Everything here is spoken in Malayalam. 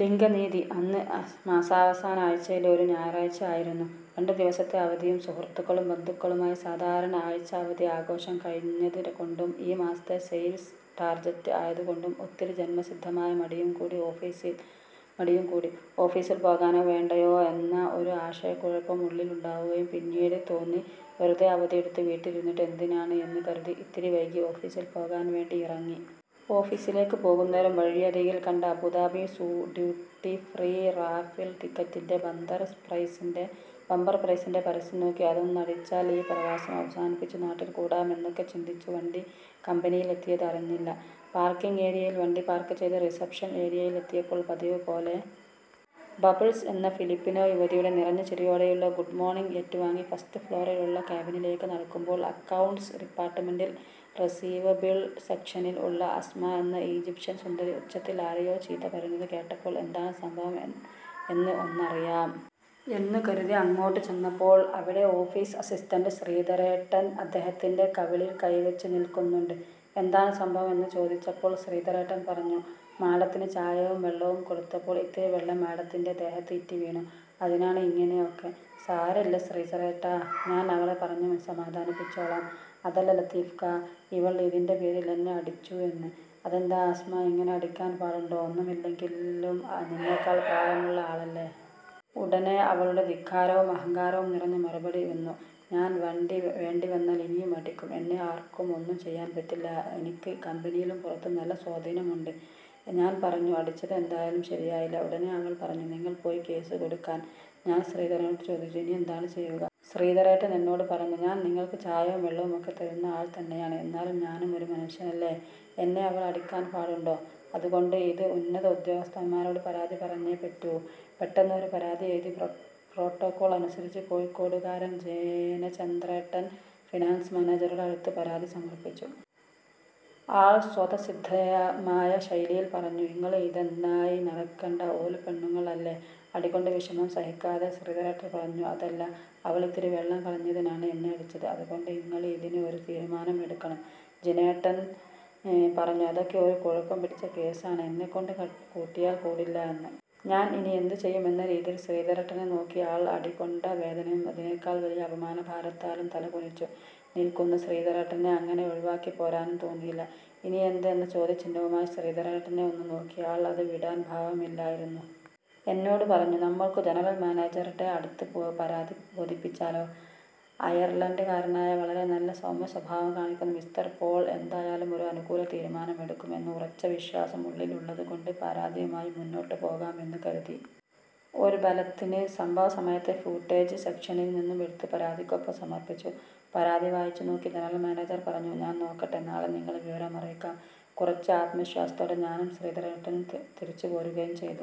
ലിംഗനീതി അന്ന് മാസാവസാന ആഴ്ചയിലെ ഒരു ഞായറാഴ്ച ആയിരുന്നു. രണ്ടു ദിവസത്തെ അവധിയും സുഹൃത്തുക്കളും ബന്ധുക്കളുമായി സാധാരണ ആഴ്ച അവധി ആഘോഷം കഴിഞ്ഞത് കൊണ്ടും ഈ മാസത്തെ സെയിൽസ് ടാർജെറ്റ് ആയതുകൊണ്ടും ഇത്തിരി ജന്മസിദ്ധമായ മടിയും കൂടി ഓഫീസിൽ പോകണോ വേണ്ടയോ എന്ന ഒരു ആശയകുഴപ്പം ഉള്ളിൽ ഉണ്ടാവുകയും പിന്നീട് തോന്നി വെറുതെ അവധി എടുത്തു വീട്ടിൽ ഇരുന്നിട്ട് എന്തിനാണ് എന്ന് കരുതി ഇത്തിരി വൈകി ഓഫീസിൽ പോകാൻ വേണ്ടി ഇറങ്ങി. ഓഫീസിലേക്ക് പോകുന്നേരം വഴിയരികിൽ കണ്ട അബുദാബി ഡ്യൂട്ടിഫ്രീ റാഫിൾ ടിക്കറ്റിന്റെ ബമ്പർ പ്രൈസിന്റെ പരസ്യം നോക്കി അതൊന്നടിച്ചാൽ ഈ പ്രവാസം അവസാനിപ്പിച്ചു നാട്ടിൽ കൂടാം എന്നൊക്കെ ചിന്തിച്ചു വണ്ടി കമ്പനിയിൽ എത്തിയത് അറിഞ്ഞില്ല. പാർക്കിംഗ് ഏരിയയിൽ വണ്ടി പാർക്ക് ചെയ്ത് റിസപ്ഷൻ ഏരിയയിൽ എത്തിയപ്പോൾ പതിവുപോലെ ബബ്ൾസ് എന്ന ഫിലിപിനോ യുവതിയുടെ നിറഞ്ഞ ചിരിയോടെയുള്ള ഗുഡ് മോർണിംഗ് ഏറ്റു വാങ്ങി ഫസ്റ്റ് ഫ്ലോറിൽ ഉള്ള ക്യാബിനിലേക്ക് നടക്കുമ്പോൾ അക്കൗണ്ട്സ് ഡിപ്പാർട്മെന്റിൽ റിസീവബിൾ സെക്ഷനിൽ ഉള്ള അസ്മ എന്ന ഈജിപ്ഷൻ സുന്ദരി ഉച്ചത്തിൽ ആരെയോ ചീത്ത പറയുന്നത് കേട്ടപ്പോൾ എന്താണ് സംഭവം എന്ന് ഒന്നറിയാം എന്നു കരുതി അങ്ങോട്ട് ചെന്നപ്പോൾ അവിടെ ഓഫീസ് അസിസ്റ്റന്റ് ശ്രീധരേട്ടൻ അദ്ദേഹത്തിന്റെ കവിളിൽ കൈ വെച്ച് നിൽക്കുന്നുണ്ട്, എന്താണ് സംഭവം എന്ന് ചോദിച്ചപ്പോൾ ശ്രീധരേട്ടൻ പറഞ്ഞു, മാഡത്തിന് ചായയും വെള്ളവും കൊടുത്തപ്പോൾ ഇത്തിരി വെള്ളം മാഡത്തിന്റെ ദേഹത്ത് ഇറ്റിവീണു അതിനാണ് ഇങ്ങിനെ ഒക്കെ, സാരല്ല്യ ശ്രീധരേട്ടാ ഞാൻ അവളെ പറഞ്ഞു സമാധാനിപ്പിച്ചോളാം, അതല്ല ലത്തീഫ്ക്ക ഇവൾ അതിന്റെ പേരിൽ എന്നെ അടിച്ചു എന്ന്, അതെന്താ അസ്മ അങ്ങിനെ അടിക്കാൻ പാടുണ്ടോ ഒന്നുമില്ലെങ്കിലും നിന്നെക്കാൾ പ്രായമുള്ള ആളല്ലേ? ഉടനെ അവളുടെ ധിക്കാരവും അഹങ്കാരവും നിറഞ്ഞ മറുപടി വന്നു ഞാൻ വേണ്ടി വന്നാൽ ഇനിയും അടിക്കും എന്നെ ആർക്കും ഒന്നും ചെയ്യാൻ പറ്റില്ല എനിക്ക് കമ്പനിയിലും പുറത്തും നല്ല സ്വാധീനം ഉണ്ട്. ഞാൻ പറഞ്ഞു അടിച്ചത് എന്തായാലും ശരിയായില്ല, ഉടനെ അവൾ പറഞ്ഞു നിങ്ങൾ പോയി കേസ് കൊടുക്കാൻ, ഞാൻ ശ്രീധരേട്ടനോട് ചോദിച്ചു ഇനി എന്താണ് ചെയ്യുക. ശ്രീധരേട്ടൻ എന്നോട് പറഞ്ഞു ഞാൻ നിങ്ങൾക്ക് ചായയും വെള്ളവും ഒക്കെ തരുന്ന ആൾ തന്നെയാണ് എന്നാലും ഞാനും ഒരു മനുഷ്യനല്ലേ എന്നെ അവൾ അടിക്കാൻ പാടുണ്ടോ, അത്കൊണ്ട് ഇത് ഉന്നത ഉദ്യോഗസ്ഥൻമാരോട് പരാതി പറഞ്ഞേ പറ്റൂ, പെട്ടെന്ന് ഒരു പരാതി എഴുതി പ്രോട്ടോകോൾ അനുസരിച്ചു കോഴിക്കോടുകാരൻ ജിനചന്ദ്രേട്ടൻ, ഫിനാൻസ് മാനേജറുടെ അടുത്ത് പരാതി സമർപ്പിച്ചു. ആൾ സ്വതസിദ്ധമായ ശൈലിയിൽ പറഞ്ഞു ഇങ്ങള് ഇതൊന്നായി നടക്കണ്ട ഓല് പെണ്ണുങ്ങൾ അല്ലെ? അടികൊണ്ട് വിഷമം സഹിക്കാതെ ശ്രീധരേട്ടൻ പറഞ്ഞു അതല്ല, അവൾ ഇത്തിരി വെള്ളം കളഞ്ഞതിനാണ് എന്നെ അടിച്ചത് അത് കൊണ്ട് ഇങ്ങള് ഇതിന് ഒരു തീരുമാനം എടുക്കണം, ജിനേട്ടൻ പറഞ്ഞു അതൊക്ക ഒരു കുഴപ്പം പിടിച്ച കേസ് ആണ് എന്നെകൊണ്ട് കൂട്ടിയാൽ കൂടില്ല എന്ന്. ഞാൻ ഇനി എന്ത് ചെയ്യും എന്ന രീതിയിൽ ശ്രീധരേട്ടനെ നോക്കി, ആൾ അടികൊണ്ട വേദനയും അതിനേക്കാൾ വലിയ അപമാനഭാരത്താലും തല കുനിച്ചു നിൽക്കുന്ന ശ്രീധരേട്ടനെ അങ്ങനെ ഒഴിവാക്കി പോരാനും തോന്നിയില്ല, ഇനി എന്ത് എന്ന ചോദ്യ ചിഹ്നവുമായി ശ്രീധരേട്ടനെ ഒന്ന് നോക്കി ആൾ അത് വിടാൻ ഭാവമില്ലായിരുന്നു. എന്നോട് പറഞ്ഞു നമ്മൾക്കു ജനറൽ മാനേജർടെ അടുത്ത് പരാതി ബോധിപ്പിച്ചാലോ? അയർലൻഡ് കാരനായ വളരെ നല്ല സൗമ്യ സ്വഭാവം കാണിക്കുന്ന മിസ്റ്റർ പോൾ എന്തായാലും ഒരു അനുകൂല തീരുമാനം എടുക്കും എന്ന് ഉറച്ച വിശ്വാസം ഉള്ളിൽ ഉള്ളത് കൊണ്ട് പരാതിയുമായി മുന്നോട്ട് പോകാം എന്നു കരുതി. ഒരു ബലത്തിന് സംഭവ സമയത്തെ ഫൂട്ടേജ് സെക്ഷനിൽ നിന്നും എടുത്തു പരാതിക്കൊപ്പം സമർപ്പിച്ചു, പരാതി വായിച്ചു നോക്കി ജനറൽ മാനേജർ പറഞ്ഞു ഞാൻ നോക്കട്ടെ നാളെ നിങ്ങളെ വിവരം അറിയിക്കാം. കുറച്ച് ആത്മ വിശ്വാസത്തോടെ ഞാനും ശ്രീധരേട്ടനും തിരിച്ചു പോരുകയും ചെയ്തു.